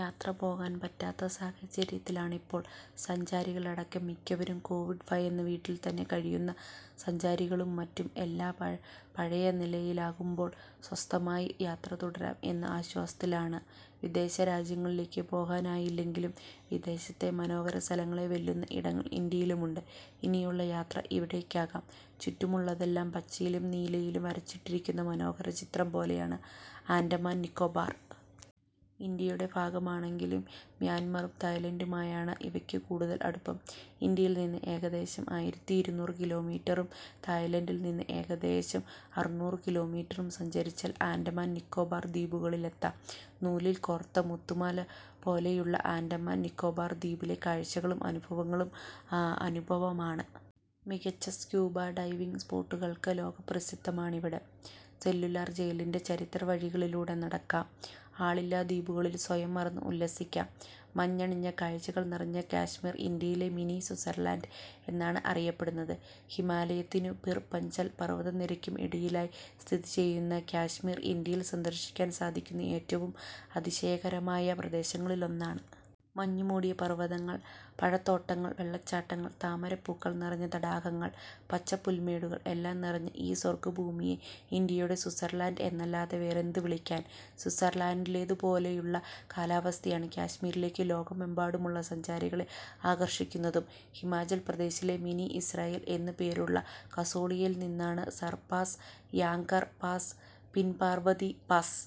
യാത്ര പോകാൻ പറ്റാത്ത സാഹചര്യത്തിലാണിപ്പോൾ സഞ്ചാരികളടക്കം മിക്കവരും. കോവിഡ് ഭയന്ന് വീട്ടിൽത്തന്നെ കഴിയുന്ന സഞ്ചാരികളും മറ്റും എല്ലാം പഴയനിലയിലാകുമ്പോൾ സ്വസ്ഥമായി യാത്ര തുടരാം എന്ന ആശ്വാസത്തിലാണ്. വിദേശരാജ്യങ്ങളിലേക്ക് പോകാനായില്ലെങ്കിലും വിദേശത്തെ മനോഹര സ്ഥലങ്ങളെ വെല്ലുന്ന ഇടങ്ങൾ ഇന്ത്യയിലുമുണ്ട്. ഇനിയുള്ള യാത്ര ഇവിടേക്കാകാം. ചുറ്റുമുള്ളതെല്ലാം പച്ചയിലും നീലയിലും വരച്ചിട്ടിരിക്കുന്ന മനോഹര ചിത്രം പോലെയാണ് ആൻഡമാൻ നിക്കോബാർ. ഇന്ത്യയുടെ ഭാഗമാണെങ്കിലും മ്യാൻമറും തായ്‌ലൻഡുമായാണ് ഇവയ്ക്ക് കൂടുതൽ അടുപ്പം. ഇന്ത്യയിൽ നിന്ന് ഏകദേശം ആയിരത്തി ഇരുന്നൂറ് കിലോമീറ്ററും തായ്‌ലൻഡിൽ നിന്ന് ഏകദേശം അറുനൂറ് കിലോമീറ്ററും സഞ്ചരിച്ചാൽ ആൻഡമാൻ നിക്കോബാർ ദ്വീപുകളിൽ എത്താം. നൂലിൽ കോർത്ത മുത്തുമാല പോലെയുള്ള ആൻഡമാൻ നിക്കോബാർ ദ്വീപിലെ കാഴ്ചകളും അനുഭവങ്ങളും അനുപമമാണ്. മികച്ച സ്കൂബ ഡൈവിങ് സ്പോട്ടുകൾക്ക് ലോകപ്രസിദ്ധമാണിവിടം. സെല്ലുലാർ ജയിലിൻറെ ചരിത്രവഴികളിലൂടെ നടക്കാം. ആളില്ലാ ദ്വീപുകളിൽ സ്വയം മറന്ന് ഉല്ലസിക്കാം. മഞ്ഞണിഞ്ഞ കാഴ്ചകൾ നിറഞ്ഞ കശ്മീർ ഇന്ത്യയിലെ മിനി സ്വിറ്റ്സർലൻഡ് എന്നാണ് അറിയപ്പെടുന്നത്. ഹിമാലയത്തിനും പിർ പഞ്ചൽ പർവതനിരയ്ക്കും ഇടയിലായി സ്ഥിതി ചെയ്യുന്ന കശ്മീർ ഇന്ത്യയിൽ സന്ദർശിക്കാൻ സാധിക്കുന്ന ഏറ്റവും അതിശയകരമായ പ്രദേശങ്ങളിലൊന്നാണ്. മഞ്ഞുമൂടിയ പർവതങ്ങൾ. പഴത്തോട്ടങ്ങൾ. വെള്ളച്ചാട്ടങ്ങൾ. താമരപ്പൂക്കൾ നിറഞ്ഞ തടാകങ്ങൾ. പച്ചപ്പുൽമേടുകൾ. എല്ലാം നിറഞ്ഞ ഈ സ്വർഗഭൂമിയെ ഇന്ത്യയുടെ സ്വിറ്റ്സർലൻഡ് എന്നല്ലാതെ വേറെന്ത് വിളിക്കാൻ. സ്വിറ്റ്സർലൻഡിലേതുപോലെയുള്ള കാലാവസ്ഥയാണ് കശ്മീരിലേക്ക് ലോകമെമ്പാടുമുള്ള സഞ്ചാരികളെ ആകർഷിക്കുന്നതും. ഹിമാചൽ പ്രദേശിലെ മിനി ഇസ്രയേൽ എന്നും പേരുള്ള കസോളിൽനിന്നാണ് സർപാസ്. യാങ്കർ പാസ്. പിൻപാർബതി പാസ്.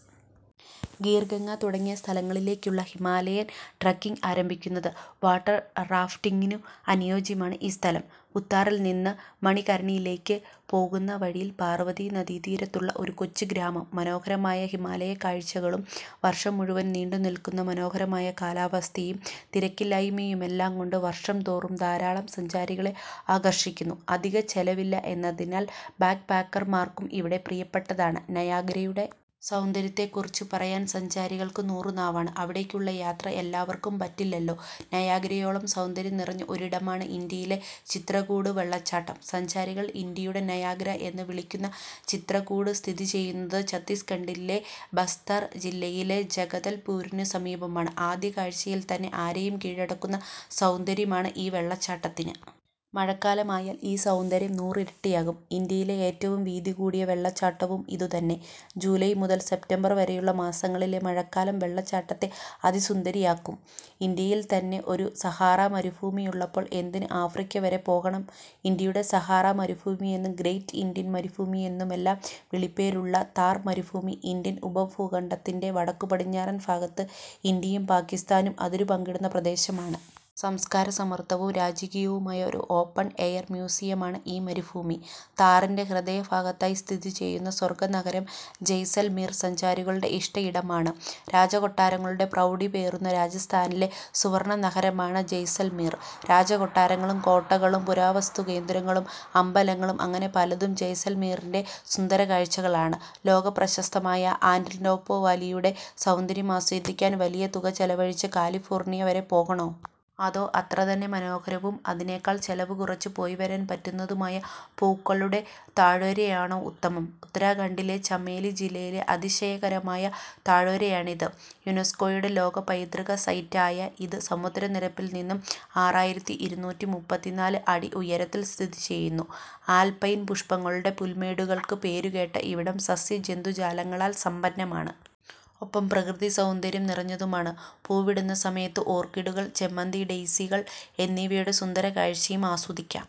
ഖീർഗംഗ തുടങ്ങിയ സ്ഥലങ്ങളിലേക്കുള്ള ഹിമാലയൻ ട്രെക്കിങ് ആരംഭിക്കുന്നത്. വാട്ടർ റാഫ്റ്റിങ്ങിനും അനുയോജ്യമാണ് ഈ സ്ഥലം. ഭുന്താറിൽനിന്ന് മണികരണിലേക്ക് പോകുന്ന വഴിയിൽ പാർവതി നദീതീരത്തുള്ള ഈ കൊച്ചുഗ്രാമം മനോഹരമായ ഹിമാലയക്കാഴ്ചകളും വർഷം മുഴുവൻ നീണ്ടുനിൽക്കുന്ന മനോഹരമായ കാലാവസ്ഥയും തിരക്കില്ലായ്മയുമെല്ലാം കൊണ്ട് വർഷംതോറും ധാരാളം സഞ്ചാരികളെ ആകർഷിക്കുന്നു. അധികം ചെലവില്ല എന്നതിനാൽ ബാക്ക്പാക്കർമാർക്കും ഇവിടം പ്രിയപ്പെട്ടതാണ്. നയാഗ്രയുടെ സൗന്ദര്യത്തെക്കുറിച്ച് പറയാൻ സഞ്ചാരികൾക്ക് നൂറുനാവാണ്. അവിടേക്കുള്ള യാത്ര എല്ലാവർക്കും പറ്റില്ലല്ലോ. നയാഗ്രയോളം സൗന്ദര്യം നിറഞ്ഞ ഒരിടമാണ് ഇന്ത്യയിലെ ചിത്രകൂട് വെള്ളച്ചാട്ടം. സഞ്ചാരികൾ ഇന്ത്യയുടെ നയാഗ്ര എന്നു വിളിക്കുന്ന ചിത്രകൂട് സ്ഥിതി ചെയ്യുന്നത് ഛത്തീസ്ഗഢിലെ ബസ്തർ ജില്ലയിലെ ജഗദൽപുരിന് സമീപമാണ്. ആദ്യകാഴ്ചയിൽത്തന്നെ ആരെയും കീഴടക്കുന്ന സൗന്ദര്യമാണ് ഈ വെള്ളച്ചാട്ടത്തിന്. മഴക്കാലമായാൽ ഈ സൗന്ദര്യം നൂറിരട്ടിയാകും. ഇന്ത്യയിലെ ഏറ്റവും വീതികൂടിയ വെള്ളച്ചാട്ടവും ഇതുതന്നെ. ജൂലൈ മുതൽ സെപ്റ്റംബർ വരെയുള്ള മാസങ്ങളിലെ മഴക്കാലം വെള്ളച്ചാട്ടത്തെ അതിസുന്ദരിയാക്കും. ഇന്ത്യയിൽത്തന്നെ ഒരു സഹാറ മരുഭൂമിയുള്ളപ്പോൾ എന്തിന് ആഫ്രിക്ക വരെ പോകണം. ഇന്ത്യയുടെ സഹാറ മരുഭൂമിയെന്നും ഗ്രേറ്റ് ഇന്ത്യൻ മരുഭൂമിയെന്നുമെല്ലാം വിളിപ്പേരുള്ള താർ മരുഭൂമി ഇന്ത്യൻ ഉപഭൂഖണ്ഡത്തിൻറെ വടക്കുപടിഞ്ഞാറൻ ഭാഗത്ത് ഇന്ത്യയും പാക്കിസ്ഥാനും അതിരു പങ്കിടുന്ന പ്രദേശമാണ്. സംസ്കാരസമൃദ്ധവും രാജകീയവുമായ ഒരു ഓപ്പൺ എയർ മ്യൂസിയമാണ് ഈ മരുഭൂമി. താറിൻറെ ഹൃദയഭാഗത്തായി സ്ഥിതിചെയ്യുന്ന സ്വർഗനഗരം ജയ്‌സൽമീർ സഞ്ചാരികളുടെ ഇഷ്ടയിടമാണ്. രാജകൊട്ടാരങ്ങളുടെ പ്രൗഢി പേറുന്ന രാജസ്ഥാനിലെ സുവർണനഗരമാണ് ജയ്‌സൽമീർ. രാജകൊട്ടാരങ്ങളും കോട്ടകളും പുരാവസ്തുകേന്ദ്രങ്ങളും അമ്പലങ്ങളും അങ്ങനെ പലതും ജയ്‌സൽമീറിൻറെ സുന്ദരകാഴ്ചകളാണ്. ലോകപ്രശസ്തമായ ആന്റലോപ് വാലിയുടെ സൗന്ദര്യം ആസ്വദിക്കാൻ വലിയ തുക ചെലവഴിച്ച് കാലിഫോർണിയ വരെ പോകണോ. അതോ അത്രതന്നെ മനോഹരവും അതിനേക്കാൾ ചെലവുകുറച്ച് പോയിവരാൻ പറ്റുന്നതുമായ പൂക്കളുടെ താഴ്വരയാണോ ഉത്തമം. ഉത്തരാഖണ്ഡിലെ ചമോലി ജില്ലയിലെ അതിശയകരമായ താഴ്വരയാണിത്. യുനെസ്കോയുടെ ലോക പൈതൃക സൈറ്റായ ഇത് സമുദ്രനിരപ്പിൽനിന്ന് ആറായിരത്തി ഇരുന്നൂറ്റി മുപ്പത്തിനാല് അടി ഉയരത്തിൽ സ്ഥിതി ചെയ്യുന്നു. ആൽപൈൻ പുഷ്പങ്ങളുടെ പുൽമേടുകൾക്ക് പേരുകേട്ട ഇവിടം സസ്യജന്തുജാലങ്ങളാൽ സമ്പന്നമാണ്. ഒപ്പം പ്രകൃതിസൗന്ദര്യം നിറഞ്ഞതുമാണ്. പൂവിടുന്ന സമയത്ത് ഓർക്കിഡുകൾ. ജമന്തി. ഡെയ്സികൾ എന്നിവയുടെ സുന്ദരകാഴ്ചയും ആസ്വദിക്കാം.